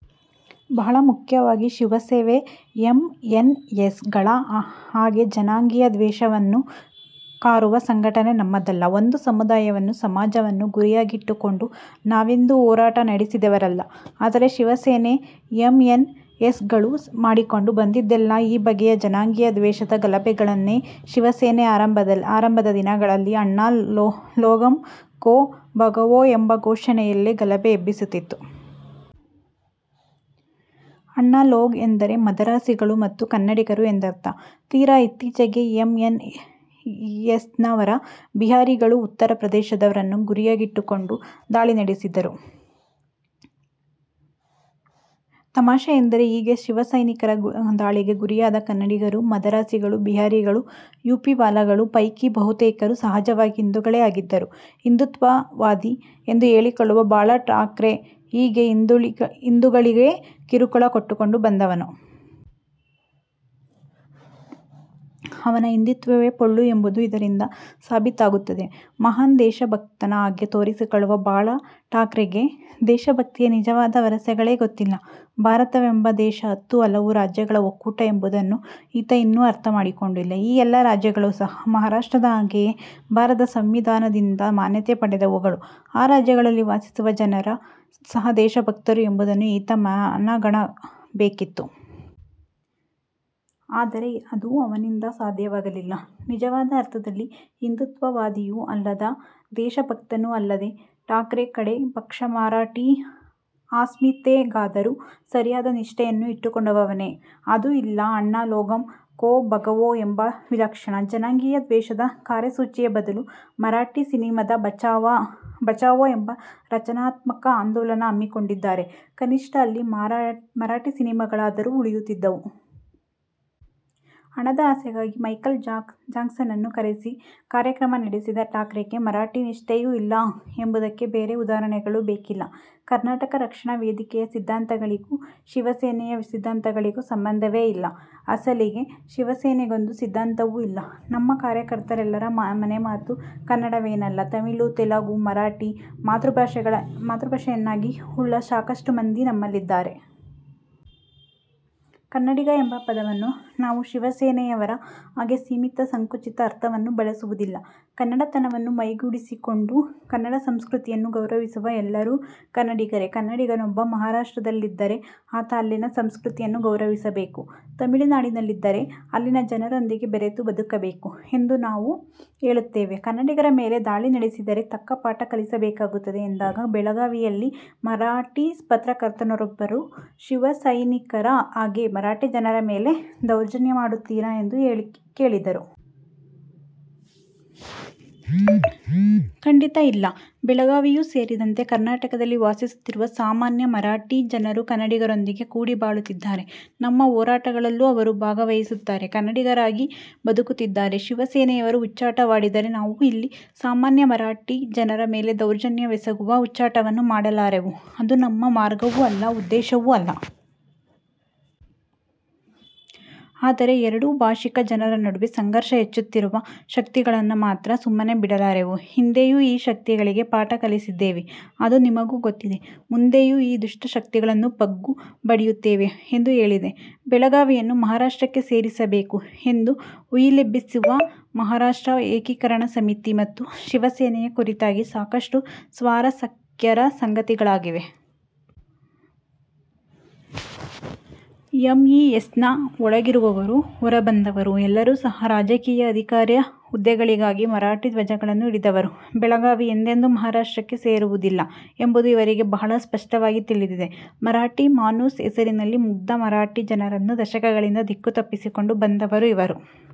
ಬಹಳ ಮುಖ್ಯವಾಗಿ ಶಿವಸೇನೆ, ಎಂಎನ್ಎಸ್ ಗಳ ಹಾಗೆ ಜನಾಂಗೀಯ ದ್ವೇಷವನ್ನು ಕಾರುವ ಸಂಘಟನೆ ನಮ್ಮದಲ್ಲ. ಒಂದು ಸಮುದಾಯವನ್ನು, ಸಮಾಜವನ್ನು ಗುರಿಯಾಗಿಟ್ಟುಕೊಂಡು ನಾವೆಂದೂ ಹೋರಾಟ ನಡೆಸಿದವರಲ್ಲ. ಆದರೆ ಶಿವಸೇನೆ, ಎಂಎನ್ಎಸ್ ಗಳು ಮಾಡಿಕೊಂಡು ಬಂದಿದ್ದೆಲ್ಲ ಈ ಬಗೆಯ ಜನಾಂಗೀಯ ದ್ವೇಷದ ಗಲಭೆಗಳನ್ನೆ. ಶಿವಸೇನೆ ಆರಂಭದ ದಿನಗಳಲ್ಲಿ 'ಅಣ್ಣಾ ಲೋಗೋಂ ಕೊ ಭಗಾವೋ ಎಂಬ ಘೋಷಣೆಯಲ್ಲೇ ಗಲಭೆ ಎಬ್ಬಿಸುತ್ತಿತ್ತು. ಅಣ್ಣಾ ಲೋಗ್ ಎಂದರೆ ಮದರಾಸಿಗಳು ಮತ್ತು ಕನ್ನಡಿಗರು ಎಂದರ್ಥ. ತೀರಾ ಇತ್ತೀಚಿಗೆ ಎಂಎನ್ಎಸ್ನವರು ಬಿಹಾರಿಗಳು, ಉತ್ತರ ಪ್ರದೇಶದವರನ್ನು ಗುರಿಯಾಗಿಟ್ಟುಕೊಂಡು ದಾಳಿ ನಡೆಸಿದರು. ತಮಾಷೆ ಎಂದರೆ ಹೀಗೆ ಶಿವಸೈನಿಕರ ದಾಳಿಗೆ ಗುರಿಯಾದ ಕನ್ನಡಿಗರು, ಮದರಾಸಿಗಳು, ಬಿಹಾರಿಗಳು, ಯುಪಿವಾಲಾಗಳ ಪೈಕಿ ಬಹುತೇಕರು ಸಹಜವಾಗಿ ಹಿಂದುಗಳೇ ಆಗಿದ್ದರು. ಹಿಂದುತ್ವವಾದಿ ಎಂದು ಹೇಳಿಕೊಳ್ಳುವ ಬಾಳಾ ಠಾಕ್ರೆ ಹೀಗೆ ಹಿಂದೂಗಳಿಗೇ ಕಿರುಕುಳ ಕೊಟ್ಟುಕೊಂಡು ಬಂದವನು. ಅವನ ಹಿಂದುತ್ವವೇ ಪೊಳ್ಳು ಎಂಬುದು ಇದರಿಂದ ಸಾಬೀತಾಗುತ್ತದೆ. ಮಹಾನ್ ದೇಶಭಕ್ತನ ಹಾಗೆ ತೋರಿಸಿಕೊಳ್ಳುವ ಬಾಳಠಾಕ್ರೆಗೆ ದೇಶಭಕ್ತಿಯ ನಿಜವಾದ ವರಸೆಗಳೇ ಗೊತ್ತಿಲ್ಲ. ಭಾರತವೆಂಬ ದೇಶ ಹತ್ತು ಹಲವು ರಾಜ್ಯಗಳ ಒಕ್ಕೂಟ ಎಂಬುದನ್ನು ಈತ ಇನ್ನೂ ಅರ್ಥ ಮಾಡಿಕೊಂಡಿಲ್ಲ. ಈ ಎಲ್ಲ ರಾಜ್ಯಗಳೂ ಸಹ ಮಹಾರಾಷ್ಟ್ರದ ಹಾಗೆಯೇ ಭಾರತ ಸಂವಿಧಾನದಿಂದ ಮಾನ್ಯತೆ ಪಡೆದವುಗಳು, ಆ ರಾಜ್ಯಗಳಲ್ಲಿ ವಾಸಿಸುವ ಜನರೂ ಸಹ ದೇಶಭಕ್ತರು ಎಂಬುದನ್ನು ಈತ ಮನಗಾಣಬೇಕಿತ್ತು. ಆದರೆ ಅದು ಅವನಿಂದ ಸಾಧ್ಯವಾಗಲಿಲ್ಲ. ನಿಜವಾದ ಅರ್ಥದಲ್ಲಿ ಹಿಂದುತ್ವವಾದಿಯೂ ಅಲ್ಲದ, ದೇಶಭಕ್ತನೂ ಅಲ್ಲದ ಠಾಕ್ರೆ ಕಡೇ ಪಕ್ಷ ಮರಾಠೀ ಅಸ್ಮಿತೆಗಾದರೂ ಸರಿಯಾದ ನಿಷ್ಠೆಯನ್ನು ಇಟ್ಟುಕೊಂಡವನೇ? ಅದೂ ಇಲ್ಲ. 'ಅಣ್ಣಾ ಲೋಗೋಂ ಕೊ ಭಗಾವೋ ಎಂಬ ವಿಲಕ್ಷಣ, ಜನಾಂಗೀಯ ದ್ವೇಷದ ಕಾರ್ಯಸೂಚಿಯ ಬದಲು 'ಮರಾಠೀ ಸಿನಿಮಾ ಬಚಾವೋ ಎಂಬ ರಚನಾತ್ಮಕ ಆಂದೋಲನ ಹಮ್ಮಿಕೊಂಡಿದ್ದರೆ ಕನಿಷ್ಠ ಅಲ್ಲಿ ಮರಾಠಿ ಸಿನಿಮಾಗಳಾದರೂ ಉಳಿಯುತ್ತಿದ್ದವು. ಹಣದ ಆಸೆಗಾಗಿ ಮೈಕಲ್ ಜಾಕ್ಸನ್ನನ್ನು ಕರೆಸಿ ಕಾರ್ಯಕ್ರಮ ನಡೆಸಿದ ಠಾಕ್ರೆಗೆ ಮರಾಠಿ ನಿಷ್ಠೆಯೂ ಇಲ್ಲ ಎಂಬುದಕ್ಕೆ ಬೇರೆ ಉದಾಹರಣೆಗಳು ಬೇಕಿಲ್ಲ. ಕರ್ನಾಟಕ ರಕ್ಷಣಾ ವೇದಿಕೆಯ ಸಿದ್ಧಾಂತಗಳಿಗೂ ಶಿವಸೇನೆಯ ಸಿದ್ಧಾಂತಗಳಿಗೂ ಸಂಬಂಧವೇ ಇಲ್ಲ. ಅಸಲಿಗೆ ಶಿವಸೇನೆಗೊಂದು ಸಿದ್ಧಾಂತವೂ ಇಲ್ಲ. ನಮ್ಮ ಕಾರ್ಯಕರ್ತರೆಲ್ಲರ ಮನೆಮಾತು ಕನ್ನಡವೇನಲ್ಲ. ತಮಿಳು, ತೆಲುಗು, ಮರಾಠಿ ಮಾತೃಭಾಷೆಯನ್ನಾಗಿ ಉಳ್ಳ ಸಾಕಷ್ಟು ಮಂದಿ ನಮ್ಮಲ್ಲಿದ್ದಾರೆ. 'ಕನ್ನಡಿಗ ಎಂಬ ಪದವನ್ನು ನಾವು ಶಿವಸೇನೆಯವರ ಹಾಗೆ ಸೀಮಿತ, ಸಂಕುಚಿತ ಅರ್ಥದಲ್ಲಿ ಬಳಸುವುದಿಲ್ಲ. ಕನ್ನಡತನವನ್ನು ಮೈಗೂಡಿಸಿಕೊಂಡು, ಕನ್ನಡ ಸಂಸ್ಕೃತಿಯನ್ನು ಗೌರವಿಸುವ ಎಲ್ಲರೂ ಕನ್ನಡಿಗರೇ. ಕನ್ನಡಿಗನೊಬ್ಬ ಮಹಾರಾಷ್ಟ್ರದಲ್ಲಿದ್ದರೆ ಆತ ಅಲ್ಲಿನ ಸಂಸ್ಕೃತಿಯನ್ನು ಗೌರವಿಸಬೇಕು, ತಮಿಳುನಾಡಿನಲ್ಲಿದ್ದರೆ ಅಲ್ಲಿನ ಜನರೊಂದಿಗೆ ಬೆರೆತು ಬದುಕಬೇಕು ಎಂದೇ ನಾವು ಹೇಳುತ್ತೇವೆ. 'ಕನ್ನಡಿಗರ ಮೇಲೆ ದಾಳಿ ನಡೆಸಿದರೆ, ತಕ್ಕ ಪಾಠ ಕಲಿಸಬೇಕಾಗುತ್ತದೆ ಎಂದಾಗ ಬೆಳಗಾವಿಯಲ್ಲಿ ಮರಾಠಿ ಪತ್ರಕರ್ತರೊಬ್ಬರು, 'ನೀವು ಶಿವಸೈನಿಕರ ಹಾಗೆ ಮರಾಠಿ ಜನರ ಮೇಲೆ ದೌರ್ಜನ್ಯ ಮಾಡುತ್ತೀರಾ ಎಂದು ಕೇಳಿದರು. 'ಖಂಡಿತ ಇಲ್ಲ, ಬೆಳಗಾವಿಯೂ ಸೇರಿದಂತೆ ಕರ್ನಾಟಕದಲ್ಲಿ ವಾಸಿಸುತ್ತಿರುವ ಸಾಮಾನ್ಯ ಮರಾಠಿ ಜನರು ಕನ್ನಡಿಗರೊಂದಿಗೆ ಕೂಡಿ ಬಾಳುತ್ತಿದ್ದಾರೆ. ನಮ್ಮ ಹೋರಾಟಗಳಲ್ಲೂ ಅವರು ಭಾಗವಹಿಸುತ್ತಾರೆ, ಕನ್ನಡಿಗರಾಗಿ ಬದುಕುತ್ತಿದ್ದಾರೆ. ಶಿವಸೇನೆಯವರು ಹುಚ್ಚಾಟವಾಡಿದರೆ, ನಾವು ಇಲ್ಲಿ ಸಾಮಾನ್ಯ ಮರಾಠಿ ಜನರ ಮೇಲೆ ದೌರ್ಜನ್ಯವೆಸಗುವ ಹುಚ್ಚಾಟವನ್ನು ಮಾಡಲಾರೆವು. ಅದು ನಮ್ಮ ಮಾರ್ಗವೂ ಅಲ್ಲ, ಉದ್ದೇಶವೂ ಅಲ್ಲ. ಆದರೆ ಎರಡೂ ಭಾಷಿಕ ಜನರ ನಡುವೆ ಸಂಘರ್ಷ ಹಚ್ಚುತ್ತಿರುವ ಶಕ್ತಿಗಳನ್ನು ಮಾತ್ರ ಸುಮ್ಮನೆ ಬಿಡಲಾರೆವು. ಹಿಂದೆಯೂ ಈ ಶಕ್ತಿಗಳಿಗೆ ಪಾಠ ಕಲಿಸಿದ್ದೇವೆ. ಅದು ನಿಮಗೂ ಗೊತ್ತಿದೆ. ಮುಂದೆಯೂ ಈ ದುಷ್ಟ ಶಕ್ತಿಗಳನ್ನು ಬಗ್ಗುಬಡಿಯುತ್ತೇವೆ. ಎಂದು ಹೇಳಿದೆ. ಬೆಳಗಾವಿಯನ್ನು ಮಹಾರಾಷ್ಟ್ರಕ್ಕೆ ಸೇರಿಸಬೇಕು ಎಂದು ಹುಯಿಲೆಬ್ಬಿಸುವ ಮಹಾರಾಷ್ಟ್ರ ಏಕೀಕರಣ ಸಮಿತಿ ಮತ್ತು ಶಿವಸೇನೆಯ ಕುರಿತಾಗಿ ಸಾಕಷ್ಟು ಸ್ವಾರಸ್ಯಕರ ಸಂಗತಿಗಳಿವೆ. ಎಂಇಎಸ್ನ ಒಳಗಿರುವವರು, ಹೊರಬಂದವರು ಎಲ್ಲರೂ ಸಹ ರಾಜಕೀಯ ಅಧಿಕಾರ-ಹುದ್ದೆಗಳಿಗಾಗಿ ಮರಾಠಿ ಧ್ವಜಗಳನ್ನು ಹಿಡಿದವರು. ಬೆಳಗಾವಿ ಎಂದೆಂದೂ ಮಹಾರಾಷ್ಟ್ರಕ್ಕೆ ಸೇರುವುದಿಲ್ಲ ಎಂಬುದು ಇವರಿಗೆ ಬಹಳ ಸ್ಪಷ್ಟವಾಗಿ ತಿಳಿದಿದೆ. ಮರಾಠಿ ಮಾನೂಸ್ ಹೆಸರಿನಲ್ಲಿ ಮುಗ್ಧ ಮರಾಠಿ ಜನರನ್ನು ದಶಕಗಳಿಂದ ದಿಕ್ಕು ತಪ್ಪಿಸಿಕೊಂಡು ಬಂದವರು ಇವರು.